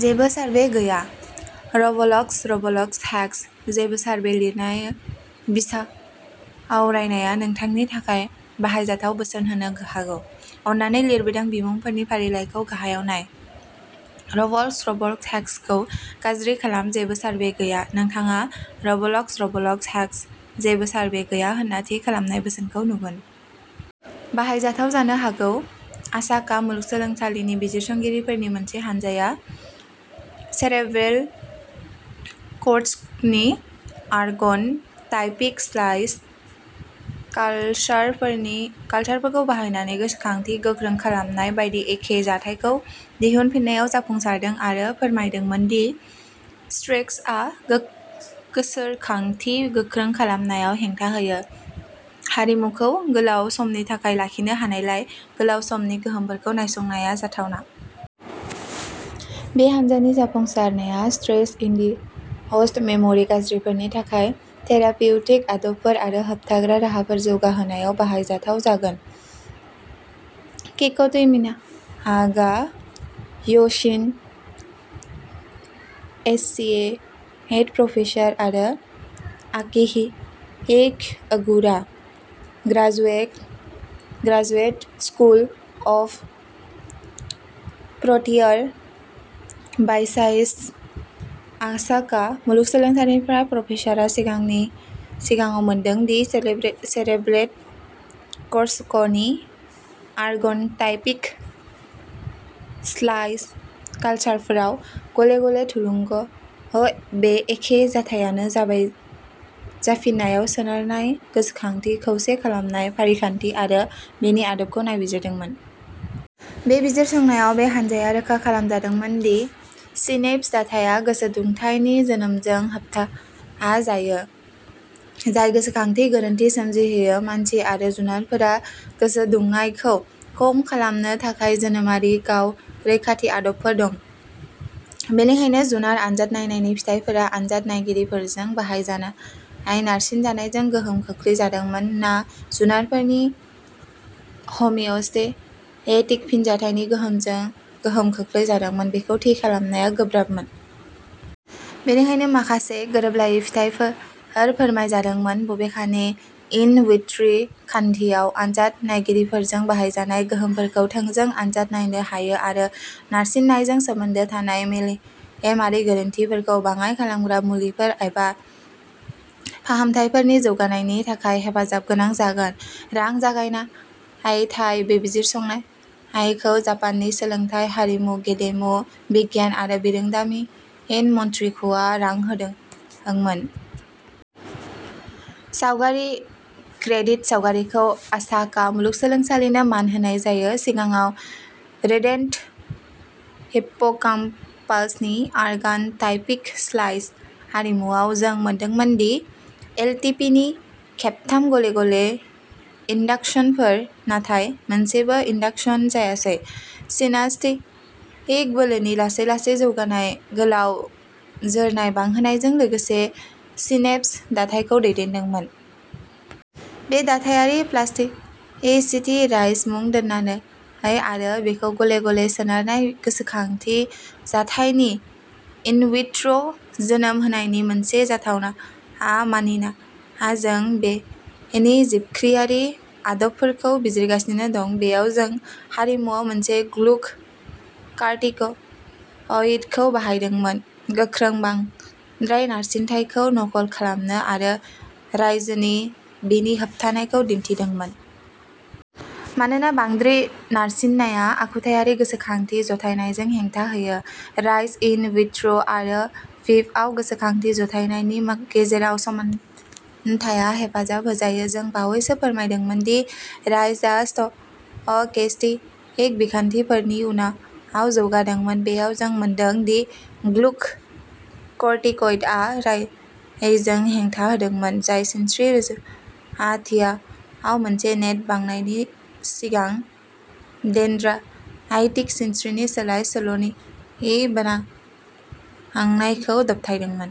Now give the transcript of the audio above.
जेबो सारभे गैया। रबलक्स रबलक्स हेक्स जेबो सारभे लिरनाय बिसावरायनाया नोंथांनि थाखाय बाहायजाथाव बोसोन होनो हागौ। अन्नानै लिरबिदां बिमुंफोरनि फारिलाइखौ गाहायाव नाय, रबलक्स रबलक्स हेक्सखौ गाज्रि खालाम जेबो सारभे गैया। नोंथाङा रबलक्स रबलक्स हेक्स जेबो सारभे गैया होन्ना थि खालामनाय बोसोनखौ नुगोन। बाहायजाथाव जानो हागौ। असाका मुलुगसोलोंसालिनि बिजिरसंगिरिफोरनि मोनसे हानजाया सेरेब्रेल कर्टेक्सनि अर्गान' टाइपिक स्लाइस कालसारफोरखौ बाहायनानै गोसोखांथि गोख्रों खालामनाय बायदि एखे जाथायखौ दिहुनफिननायाव जाफुंसारदों आरो फोरमायदोंमोन दि स्ट्रेसआ गोसोखांथि गोख्रों खालामनायाव हेंथा होयो। हारिमुफोरखौ गोलाव समनि थाखाय लाखिनो हानायलाय, गोलाव समनि गोहोमफोरखौ नायसंनाया जाथावना। बे हान्जानि जाफुंसारनाया स्ट्रेस इनडिउस्ड मेम'रि गाज्रिफोरनि थाखाय थेरापिउटिक आदबफोर आरो होबथाग्रा राहाफोर जौगाहोनायाव बाहायजाथाव जागोन। केइक'ट'मिनागा य'शिन', एस'सिएट प्रफेसार आरो Akihiko Ogura, graduate school of frontier biosciences, Osaka मुलुगसोलोंसालिनि प्रफेसारआ सिगाङाव मोनदों दि सेरेब्रेल कर्टेक्सनि अर्गान'टाइपिक स्लाइस कालसारफोराव गले गले थुलुंग बे एखे जाथायानो जाबाय जाफिननायाव सोनारनाय गोसोखांथि खौसे खालामनाय फारिखान्थि आरो बेनि आदबखौ नायबिजिरदोंमोन। बे बिजिरसंनायाव बे हान्जाया रोखा खालामदोंमोन दि सिनैप्स दाथाया गोसो दुंथायनि जोनोमजों होबथाजायो, जाय गोसोखांथि गोरोन्थि सोमजिहोयो। मानसि आरो जुनारफोरहा गोसो दुंनायखौ खम खालामनो थाखाय जोनोमारि गाव रैखाथि आदबफोर दं। बेनिखायनो जुनार आनजाद नायनायनि फिथाइफोरा आनजाद नायगिरिफोरजों बाहायजानाय नारसिननायजों गोहोम खोख्लैजादोंमोन ना जुनारफोरनि हमिअस्टेटिक फिनजाथायनि गोहोमजों गोहोम खोख्लैजादोंमोन बेखौ थि खालामनाया गोब्राबमोन। बेनिखायनो, माखासे गोरोबलायै फिथायफोर फोरमायजादोंमोन। बबेखानि, इन विट्रो खान्थियाव, आनजाद नायगिरिफोरजों बाहायजानाय गोहोमफोरखौ थोंजों आनजाद नायनो हायो आरो नारसिननायजों सोमोन्दो थानाय मेलेमारि गोरोन्थिफोरखौ बाङाइ खालामग्रा मुलिफोर एबा फाहामथायफोरनि जौगानायनि थाखाय हेफाजाबगोनां जागोन। रां जगायथाय बे बिजिरसंनायखौ जापाननि सोलोंथाय, हारिमु, गेलेमु, बिगियान आरो बिरोंदामिन मन्थ्रिख'आ रां होदोंमोन। सावगारि क्रेदिट, सावगारिखौ असाका मुलुगसोलोंसालिनो मान होनाय जायो। सिगाङाव, रोदेन्ट हिप्पोकाम्पासनि अर्गान'टाइपिक स्लाइस हारिमुआव जों मोनदोंमोन दि एलटिपिनि खेबथाम गले गले इन्डाकसनफोर, नाथाय मोनसेबो इन्डाकसन जायासै, सिनाप्टिक बोलोनि लासै लासै जौगानाय गोलाव जोरनाय बांहोनायजों लोगोसे सिनेप्स दाथायखौ दैदेनदोंमोन। बे दाथायारि प्लास्टिसिटि राइज मुं दोननानै आरो बेखौ गले गले सोनारनाय गोसोखांथि जथायनायनि इनविट्र' जोनोम होनायनि मोनसे जाथावना मानिना, जों बेनि जिबख्रिआरि आदबफोरखौ बिजिरगासिनो दं। बेयाव, जों हारिमुआव मोनसे ग्लुक' कर्टिकइडखौ बाहायदोंमोन गोख्रों बांद्राय नारसिनथायखौ नखल खालामनो आरो राइजनि बेनि होबथानायखौ दिन्थिदोंमोन। मानोना बांद्राय नारसिननाया आखुथायारि गोसोखांथि जथायनायजों हेंथा होयो, राइज इन विट्र' आरो भिभ'आव गोसोखांथि जथायनायनि गेजेराव समानथायआ हेफाजाब होजायो। जों बावैसो फोरमायदोंमोन दि राइजआ स्टकेस्टिक बिखान्थिफोरनि उनाव जौगादोंमोन। बेयाव जों मोनदों दि ग्लुक' कर्टिकइडआ राइजजों हेंथा होदोंमोन, जाय सिनस्रि रोजाथियाव मोनसे नेट बांनायनि सिगां डेनड्राइटिक सिनस्रिनि सोलाय सोल'नि बांनायखौ दबथायदोंमोन।